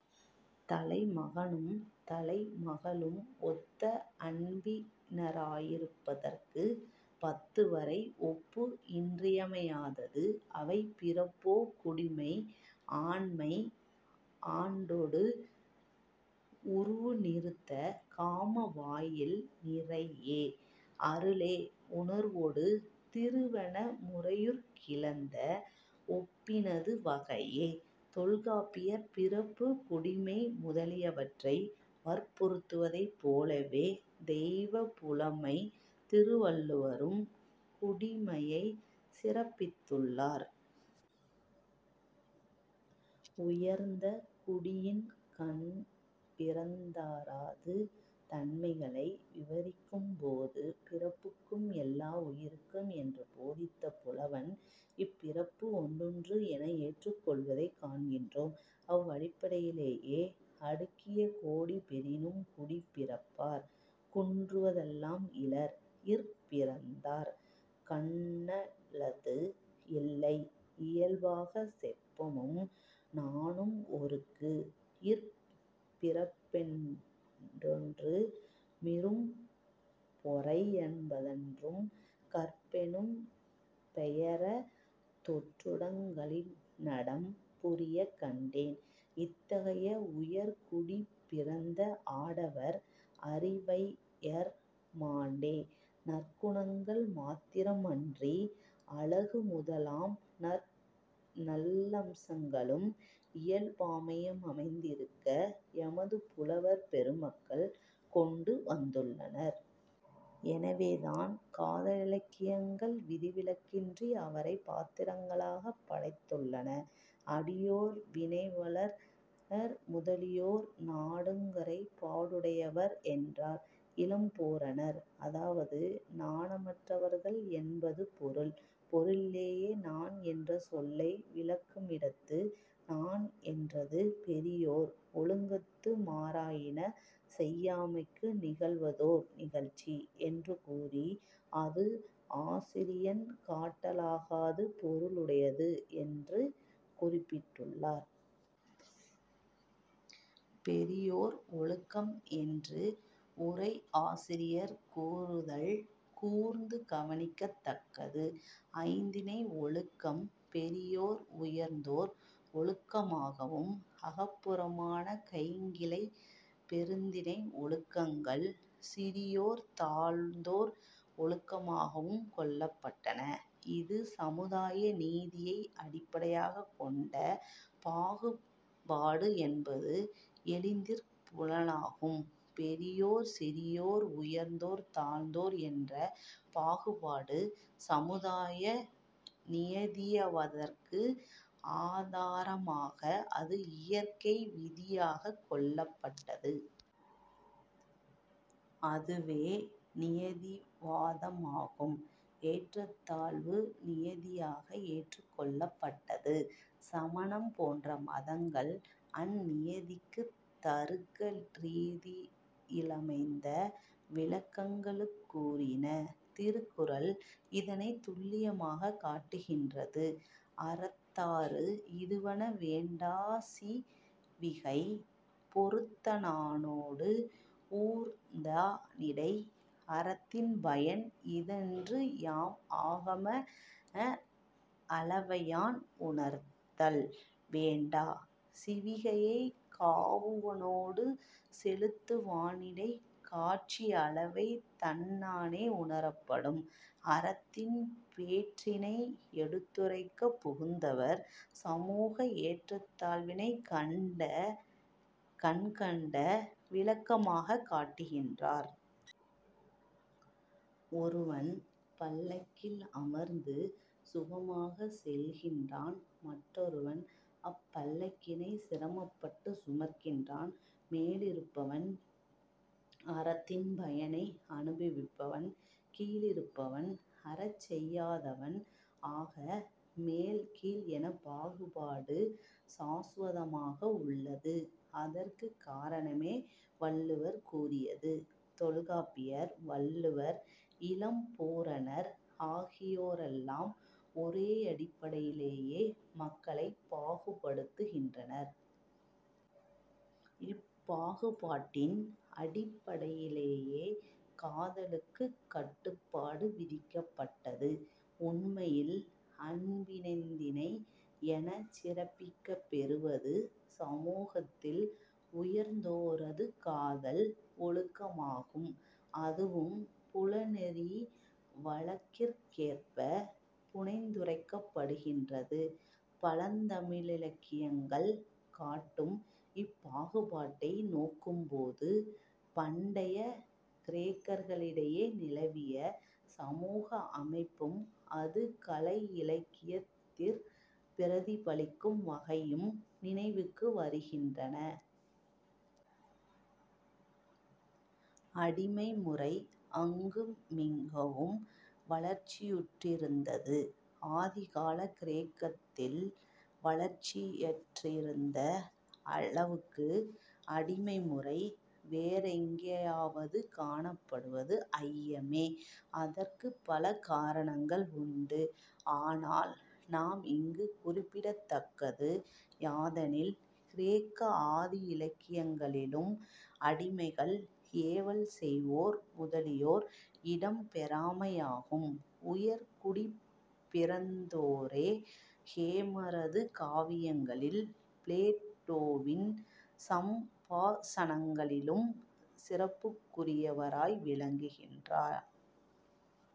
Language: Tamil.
தலைமகனும் தலைமகளும் ஒத்த அன்பினராயிருப்பதற்குப் பத்துவரை ஒப்பு இன்றியமையாதது. அவை, பிறப்பே குடிமை ஆண்மை ஆண்டொடு உருவு நிறுத்த காம வாயில் நிறையே அருளே உணர்வொடு திருவென முறையுறக் கிளந்த ஒப்பினது வகையே தொல்காப்பியர் பிறப்பு, குடிமை முதலியவற்றை வற்புறுத்துவதைப் போலவே, தெய்வப் புலமைத் திருவள்ளுவரும், குடிமையைச் சிறப்பித்துள்ளார். உயர்ந்த குடியின்கண் பிறந்தாரது தன்மைகளை விவரிக்கும்போது, "பிறப்பொக்கும் எல்லா உயிர்க்கும்" என்று போதித்த புலவன், 'இப்பிறப்பு ஒன்றுண்டு' என ஏற்றுக் கொள்வதைக் காண்கிறோம். அவ்வடிப்படையிலேயே "அடுக்கிய கோடி பெறினும் குடிப்பிறந்தார் குன்றுவ செய்தல் இலர்" "இற்பிறந்தார் கண்ணல்லது இல்லை இயல்பாகச் செப்பமும் நாணும் ஒருங்கு" "இற்பிறப் பென்பதொன்று மிரும்பொறை யென்பதொன்றும் கற்பெனும் பெயர தொன்றுங் களிநடம் புரியக் கண்டேன்" இத்தகைய உயர்குடிப்பிறந்த ஆடவர் அரிவையர் மாட்டே, நற்குணங்கள், மாத்திரமன்றி அழகு முதலாம் நல்லம்சங்களும் இயல்பாயமைந்திருப்பதாக எமது புலவர் பெருமக்கள் கொண்டு வந்துள்ளனர். எனவேதான் காதலிலக்கியங்கள் விதிவிலக்கின்றி அவரைப் பாத்திரங்களாகப் படைத்துள்ளன. அடியோர், வினைவலர் முதலியோர் 'நாணுக்கறை பாடுடையவர்' என்றார் இளம்பூரணர். அதாவது நாணமற்றவர்கள் என்பது பொருள். பொருளியலிலே 'நாண்' என்ற சொல்லை விளக்குமிடத்து, "நாண் என்றது-பெரியோர் ஒழுக்கத்து மாறாயின செய்யாமைக்கு நிகழ்வதோர் நிகழ்ச்சி" எனக்கூறி, அது ஆசிரியன் காட்டலாகாத பொருளுடையது என்று குறிப்பிட்டுள்ளார். 'பெரியோர் ஒழுக்கம்' என்று உரையாசிரியர் கூறுதல் கூர்ந்து கவனிக்கத்தக்கது. ஐந்திணை ஒழுக்கம் பெரியோர் உயர்ந்தோர்- ஒழுக்கமாகவும், அகப்புறமான கைக்கிளை பெருந்திணை ஒழுக்கங்கள் சிறியோர்-தாழ்ந்தோர் ஒழுக்கமாகவும் கொள்ளப்பட்டன. இது சமுதாய நீதியை அடிப்படையாகக் கொண்ட பாகுபாடு என்பது எளிதிற் புலனாகும். பெரியோர்-சிறியோர், உயர்ந்தோர் தாழ்ந்தோர், என்ற பாகுபாடு சமுதாய நியதியாவதற்கு ஆதாரமாக அது இயற்கை விதியாகக் கொள்ளப்பட்டது. அதுவே நியதிவாதமாகும். ஏற்றத்தாழ்வு நியதியாக ஏற்றுக்கொள்ளப்பட்டது. சமணம் போன்ற மதங்கள் அந்நியதிக்குத் தருக்க ரீதியிலமைந்த விளக்கங்களுங் கூறின. திருக்குறள் இதனைத் துல்லியமாகக் காட்டுகீன்றது: "அறத்தாறு இதுவென வேண்டா சிவிகை பொறுத்தானோடு ஊர்ந்தா னிடை" "அறத்தின் பயன் இது என்று யாம் ஆகம அளவையான் உணர்த்தல் வேண்டா; சிவிகையைக் காவுவானோடு செலுத்துவானிடைக் காட்சியளவை தன்னானே உணரப்படும்" அறத்தின் பேற்றினை எடுத்துரைக்கப் புகுந்தவர் சமூக ஏற்றத்தாழ்வினைக் கண்கண்ட விளக்கமாகக் காட்டுகின்றார். ஒருவன் பல்லக்கில் அமர்ந்து சுகமாகச் செல்கின்றான். மற்றொருவன் அப்பல்லக்கினைச் சிரமப்பட்டுச் சுமக்கிறான். மேலிருப்பவன் அறத்தின் பயனை அனுபவிப்பவன். கீழிருப்பவன் அறஞ்செய்யாதவன். ஆக, மேல், கீழ் என்ற பாகுபாடு சாசுவதமாக உள்ளது. அதற்குக் காரணமே வள்ளுவர் கூறுவது. தொல்காப்பியர், வள்ளுவர், இளம்பூரணர், ஆகியோரெல்லாம் ஒரேயடிப்படையிலேயே மக்களைப் பாகுபடுத்துகின்றனர். இப்பாகுபாட்டின் அடிப்படையிலேயே காதலுக்குக் கட்டுப்பாடு விதிக்கப்பட்டது. உண்மையில் அன்பினைந்திணை எனச் சிறப்பிக்கப்பெறுவது சமூகத்தில் உயர்ந்தோரது காதல் ஒழுக்கமாகும். அதுவும் புலனெறி வழக்கிற்கேற்பப் புனைந்துரைக்கப்படுகின்றது. பழந்தமிழிலக்கியங்கள் காட்டும் இப்பாகுபாட்டை நோக்கும் போது, பண்டைய கிரேக்கரிடையே நிலவிய சமூக அமைப்பும், அது கலை இலக்கியத்திற் பிரதிபலிக்கும் வகையும் நினைவிற்கு வருகின்றன. அடிமைமுறை அங்கு மிகவும் வளர்ச்சியுற்றிருந்தது. ஆதிகாலக் கிரேக்கத்தில் வளர்ச்சி யற்றிருந்த அளவுக்கு அடிமைமுறை வேறெங்கேயாவது காணப்படுவது ஐயமே. அதற்குப் பல காரணங்கள் உண்டு. ஆனால் நாம் இங்குக் குறிப்பிடத்தக்கது யாதெனில் கிரேக்க ஆதி இலக்கியங்களிலும் அடிமைகள், ஏவல் செய்வோர் முதலியோர் இடம் பெறாமையாகும். உயர்குடிப் பிறந்தோரே ஹோமரது காவியங்களிலும் பிளேட்டோவின் சம்பாஷணைகளிலும் சிறப்புக்குரியராய் விளங்குகின்றார்.